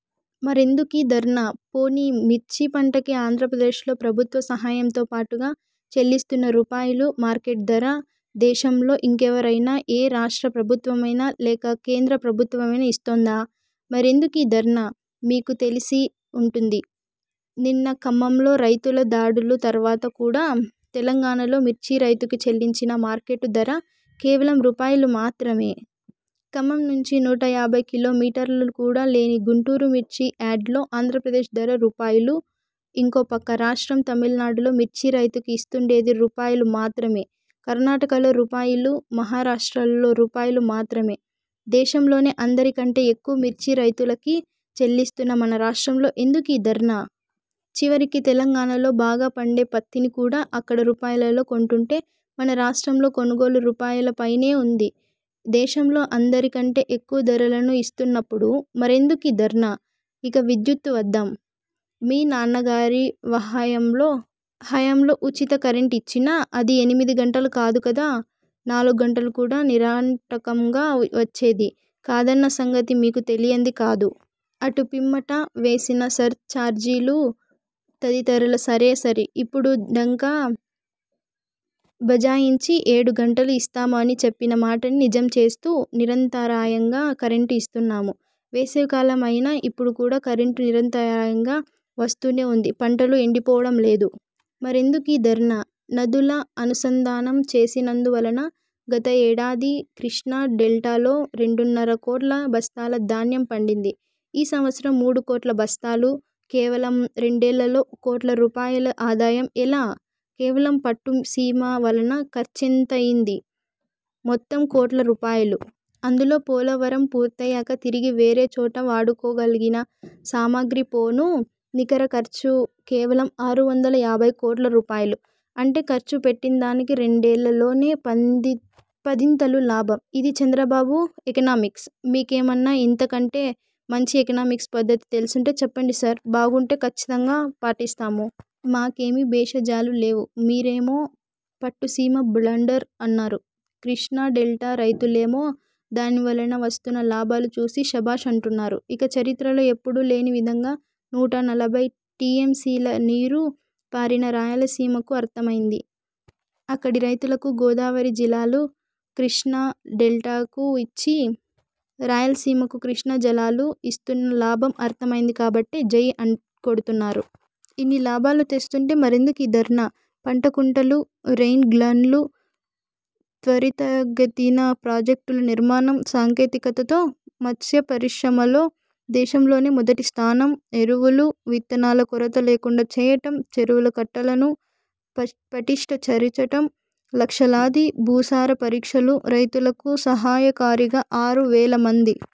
మరెందుకీ ధర్నా? పోనీ మిర్చి పంటకి ఆంద్రప్రదేశ్లో ప్రభుత్వ సహాయంతో పాటుగా చెల్లిస్తున్న రూపాయలు మార్కెట్ ధర, దేశంలో ఇంకెవ్వరైనా, ఏ రాష్ట్ర ప్రభుత్వమైనా, లేక కేంద్ర ప్రభుత్వమైనా ఇస్తోందా? మరెందుకీ ధర్నా? మీకు తెలిసే వుంటుంది, నిన్న ఖమ్మంలో రైతుల దాడుల తర్వాత కూడా, తెలంగాణలో మిర్చి రైతుకి చెల్లించిన మార్కెట్ ధర, కేవలం రూపాయలు మాత్రమే! ఖమ్మం నుంచి నూట యాభై కిలో మీటర్లు కూడా లేని గుంటూరు మిర్చి యార్డులో ఆంద్రప్రదేశ్ ధర రూపాయలు. ఇంకో పక్క రాష్ట్రం తమిళనాడులో మిర్చి రైతుకి ఇస్తుండేది రూపాయలు మాత్రమే. కర్ణాటకలో రూపాయలు, మహారాష్ట్రలో రూపాయలు మాత్రమే. దేశంలోనే అందరి కంటే ఎక్కువ మిర్చి రైతులకి చెల్లిస్తున్న మన రాష్ట్రంలో ఎందుకీ ధర్నా? చివరికి తెలంగాణలో బాగా పండే పత్తిని కూడా, అక్కడ రూపాయలలో కొంటుంటే, మన రాష్ట్రంలో కొనుగోలు, రూపాయల పైనే వుంది. దేశంలో అందరి కంటే, ఎక్కువ ధరలను ఇస్తున్నప్పుడు, మరెందుకీ ధర్నా? ఇక విద్యుత్కు వద్దాం. మీ నాన్నగారి హయాంలో ఉచిత కరెంటు ఇచ్చినా, అది ఎనిమిది గంటలు కాదు కదా, నాలుగు గంటలు కూడా, నిరాటంకంగా వచ్చేది కాదన్న సంగతి మీకు తెలియంది కాదు. అటు పిమ్మట, వేసిన సర్ చార్జీలు, తదితరాలు సరేసరి. ఇప్పుడు డంకా భజాయించి, ఏడు గంటలు ఇస్తాము అని చెప్పిన మాటని నిజం చేస్తూ, నిరంతరాయంగా కరెంటు ఇస్తున్నాము. వేసవి కాలం అయినా ఇప్పుడు కూడా కరెంటు నిరంతరాయంగా వస్తూనే వుంది. పంటలు ఎండిపోవటం లేదు. మరెందుకీ ధర్నా? నదుల అనుసంధానం చేసినందువలన గత ఏడాది కృష్ణా డెల్టాలో రెండున్నర కోట్ల బస్తాల ధాన్యం పండింది. ఈ సంవత్సరం మూడు కోట్ల బస్తాలు. కేవలం రెండేళ్లలో కోట్ల రూపాయల ఆదాయం. ఎలా? కేవలం పట్టు సీమ వలన ఖర్చెంతయ్యింది? మొత్తం కోట్ల రూపాయలు. అందులో పోలవరం పూర్తయ్యాక తిరిగి వేరే చోట వాడుకోగలిగిన సామాగ్రి పోను నికర ఖర్చు కేవలం ఆరు వందల యాభై కోట్ల రూపాయలు. అంటే ఖర్చు పెట్టిందానికి రెండేళ్ల లోనే పదింతలు లాభం. ఇది చంద్రబాబు ఎకనామిక్స్! మీకేమన్నా ఇంతకంటే మంచి ఎకనమిక్స్ పద్ధతి తెలిసుంటే చెప్పండి సర్, బాగుంటే, ఖచ్చితంగా పాటిస్తాము. మాకేమీ భేషజాలు లేవు. మీరేమో పట్టుసీమ బ్లండర్ అన్నారు. కృష్ణా డెల్టా రైతులేమో, దాని వలన వస్తున్న లాభాలు చూసి శబాష్ అంటున్నారు. ఇక చరిత్రలో ఎప్పుడూ లేని విధంగా నూట నలభై టీఎంసీల నీరు పారిన రాయలసీమకు అర్థమైంది. అక్కడి రైతులకు గోదావరి జలాలు కృష్ణా డెల్టాకు ఇచ్చి, రాయలసీమకు కృష్ణా జలాలు ఇస్తున్న లాభం అర్థం అయింది కాబట్టే, జై కొడుతున్నారు. ఇన్ని లాభాలు తెస్తుంటే, మరెందుకీ ధర్నా? పంట కుంటలు, రెయిన్ గన్లు, త్వరితగతిన ప్రాజెక్టుల నిర్మాణం, సాంకేతికతతో, మత్స్య పరిశ్రమలో దేశంలోనే మొదటి స్థానం, ఎరువులు, విత్తనాల కొరత లేకుండా చేయటం, చెరువుల కట్టలను, పటిష్ట పరచటం, లక్షలాది భూసార పరీక్షలు, రైతులకు సహాయకారిగా, ఆరు వేలమంది